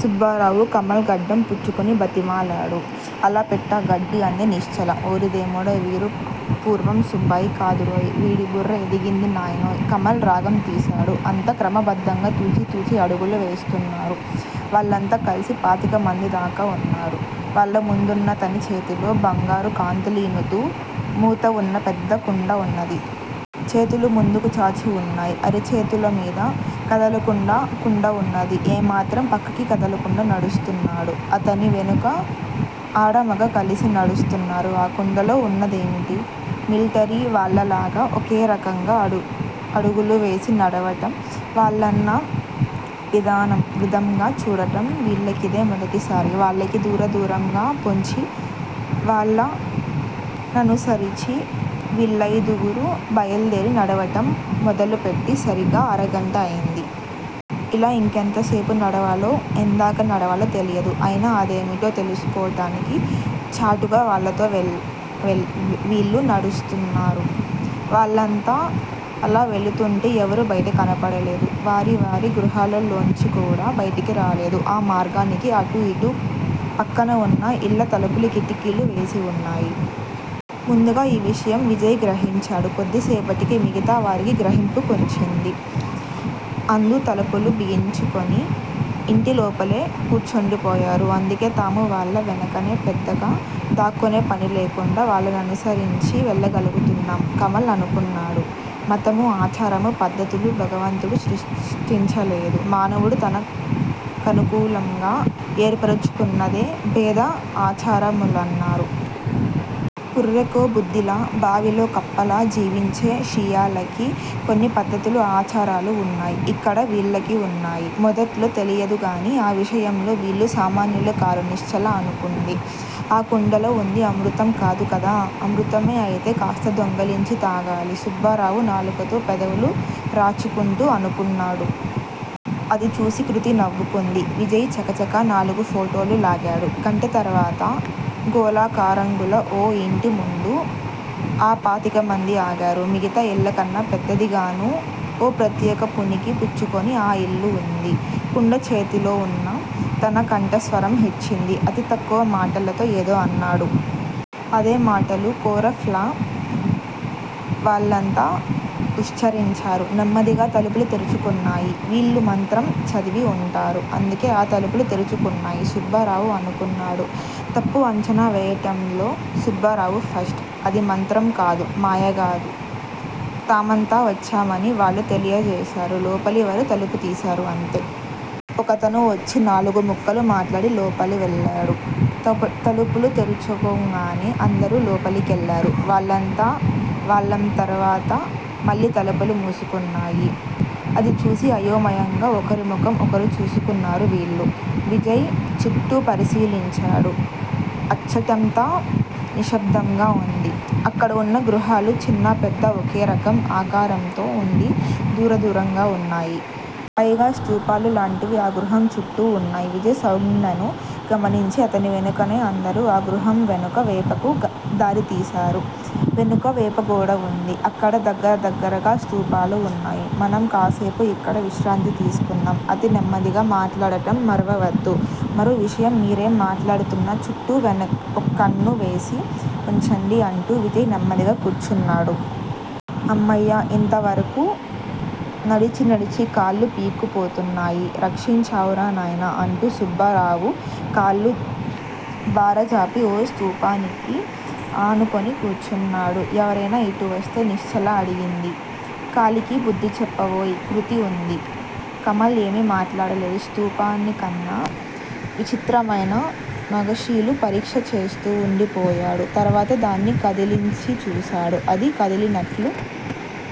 సుబ్బారావు కమల్ గడ్డం పుచ్చుకొని బతిమాలాడు. అల పెట్టా గడ్డి అంది నిశ్చల. ఓరిదేముడోయ్, వీడు పూర్వం సుబ్బాయి కాదురోయ్, వీడి బుర్ర ఎదిగింది నాయనోయ్ కమల్ రాగం తీశాడు. అంతా క్రమబద్దంగా తూచి తూచి అడుగులు వేస్తున్నారు. వాళ్ళంతా కల్సి పాతికమందిదాకా ఉన్నారు. వాళ్ళ ముందున్నతని చేతిలో బంగారు కాంతులీనుతూ మూతవున్న పెద్ద కుండ ఉన్నది. చేతులు ముందుకుచాచి వున్నాయి. అరచేతులమీద కదలకుండా కుండఉన్నది ఏ మాత్రం పక్కకి కదలకుండా నడుస్తున్నాడు. అతని వెనుక ఆడమగ కలసి నడుస్తున్నారు. అ కుండలో ఉన్నదేమిటి? మిల్ టరీ వాళ్ళలాగా ఒకే రకంగా అడుగు అడుగులు వేసి నడవటం, వాళ్ళన్న విధానం విధంగా చూడటం, వీళ్ళకిదే మొదటిసారి. వాళ్ళకి దూర దూరంగా పొంచి వాళ్ళ ననుసరించి వీళ్ళయిదుగురూ బైలుదేరి నడవటం మొదలుపెట్టి సరీగ అరగంట అయింది. ఇలా ఇంకెంతసేపు నడవాలో ఎందాకా నడవాలో తెలియదు. అయినా అదేమిటో తెలుసుకోటానికి చాటుగా వాళ్ళతో వెళ్ళు వెళ్ళ్ వీళ్ళతో నడుస్తున్నారు. వాళ్ళంతా అలావెళుతుంటే ఎవరూ బైట కనబడలేదు. వారి వారి గృహాలలోంచికూడా బైటికి రాలేదు. ఆ మార్గానికి అటూ ఇటూ పక్కనవున్న ఇళ్ళ తలుపులు కిటికీలు వేసి వున్నాయి. ముందుగా ఈ విషయం విజయ్ గ్రహించాడు. కొద్దిసేపటికి మిగతావారికి గ్రహింపు కొచ్చింది అందూ తలుపులు బిగించుకుని ఇంటిలోపలే కూర్చుండిపోయారు. అందుకే తాము వాళ్ళ వెనుకనే పెద్దగా దాక్కోనే పనిలేకుండా వాళ్ళననుసరించి వెళ్ళగలుగుతున్నాం కమల్ అనుకున్నాడు. మతము, ఆచారము పద్దతులు భగవంతుడు సృష్టించలేదు. మానవుడు తన కనుకూలంగా ఏర్పరుచుకున్నదే భేద ఆచారాములన్నారు. పుర్రెకో బుద్ది లా, బావిలో కప్పల్లా జీవించే షియ్యాలకి కొన్ని పద్దతులు ఆచారాలు వున్నాయి. ఇక్కడ వీళ్ళకివున్నాయి. మొదట్లో తెలియదుగాని ఆ విషయంలో వీళ్ళూ సామాన్యులు కారు నిశ్చల అనుకుంది. ఆ కుండలో ఉంది అమృతం కాదు కదా! అమృతమే అయితే కాస్త దొంగలించి తాగాలి సుబ్బారావు నాలుకతో పెదవులు రాచుకుంటూ అనుకున్నాడు. అది చూసి కృతి నవ్వుకుంది. విజయ్ చకచక నాలుగు ఫోటోలు లాగాడు. గంట తర్వాత గోళాకారంగుల ఓ యింటిముందు ఆపాతికమందీ ఆగారు. మిగతా ఇళ్ళకన్నా పెద్దదిగాను ఓ ప్రత్యెకపుణికి పుచ్చుకుని ఆ యిల్లు ఉంది. కుండ చేతులోవున్న తను కంఠస్వరం హెచ్చింది. అతి తక్కువ మాటలతో ఏదో అన్నాడు. అదే మాటలు కోరఫ్ లా వాళ్ళంతా వుశ్చరించారు. నెమ్మదిగా తలుపులు తెరుచుకున్నాయి. వీళ్ళు మంత్రం చదివి వుంటారు. అందుకే ఆ తలుపులు తెరుచుకున్నాయి సుబ్బారావు అనుకున్నాడు. తప్పు అంచనా వేయటంలో సుబ్బారావు ఫస్ట్. అది మంత్రము కాదు మాయగాదు. తామంతావచ్చామని వాళ్ళు తెలియ జేశారు. లోపలి వారు తలుపు తీశారు అంతే. ఒకతను వచ్చి నాలుగుముక్కలు మాట్లాడి లోపలి వెళ్ళాడు. తపు తలుపులు తెరుచుకొంగానే అందరూ లోపలికెళ్ళారు. వాళ్ళంతా వాళ్ళంతరువాత మళ్ళీతలుపులు మూసుకున్నాయి. అది చూసి అయోమయంగా ఒకరిముఖం ఒకరు చూసుకున్నారు వీళ్ళు. విజయ్ చుట్టూపరిశీలించాడు, అచ్చటంతా నిశ్శబ్దంగా వుంది. అక్కడవున్న గృహాలు చిన్నా పెద్దా ఒకేరకం ఆకారంతో వుండి దూరదూరంగా వున్నాయి. పైగా స్థూపాలు లాంటివి ఆ గృహం చుట్టూ ఉన్నాయి. విజయ్ సౌంజ్ఞను గమనించి అతనివెనుకనేఅందరూ అగృహంవెనుక వేపుకు దారితీశారు. వెనుక వేపుగోడవుంది. అక్కడ దగ్గర దగ్గరగా స్థూపాలు వున్నాయి. మనం కాసేపు యిక్కడ విశ్రాంతి తీసుకుందాం అతినేమ్మదిగా మాట్లాడటం మరవవద్దు మరో విషయం మీరేం మాట్లాడుతున్నా చుట్టూ వెనక ఓకన్ను వేసి వుంచండి అంటూ విజయ్ నెమ్మదిగా కూర్చున్నాడు. అమ్మయ్య! ఇంతవరకూ నడిచినడిచికాళ్ళు పీక్కుపోతున్నాయి. రక్షించావురా నాయనా! అంటూ సుబ్బారావు కాళ్ళు బారజాపి ఓ స్థూపానికి అనుకుని కూర్చున్నాడు. ఎవరైనా ఇటు వస్తే! నిశ్చల అడిగింది. కాలికి బుద్ధిచెప్పవోయ్! కృతి ఉంది. కమల్ ఏమీ మాట్లాడలేదు స్థూపానికన్న విచిత్రమైన నగషీలు పరీక్ష చేస్తూవుండిపోయాడు. తర్వాత దాన్ని కదిలించిచూశాడు. అది కదిలినట్లు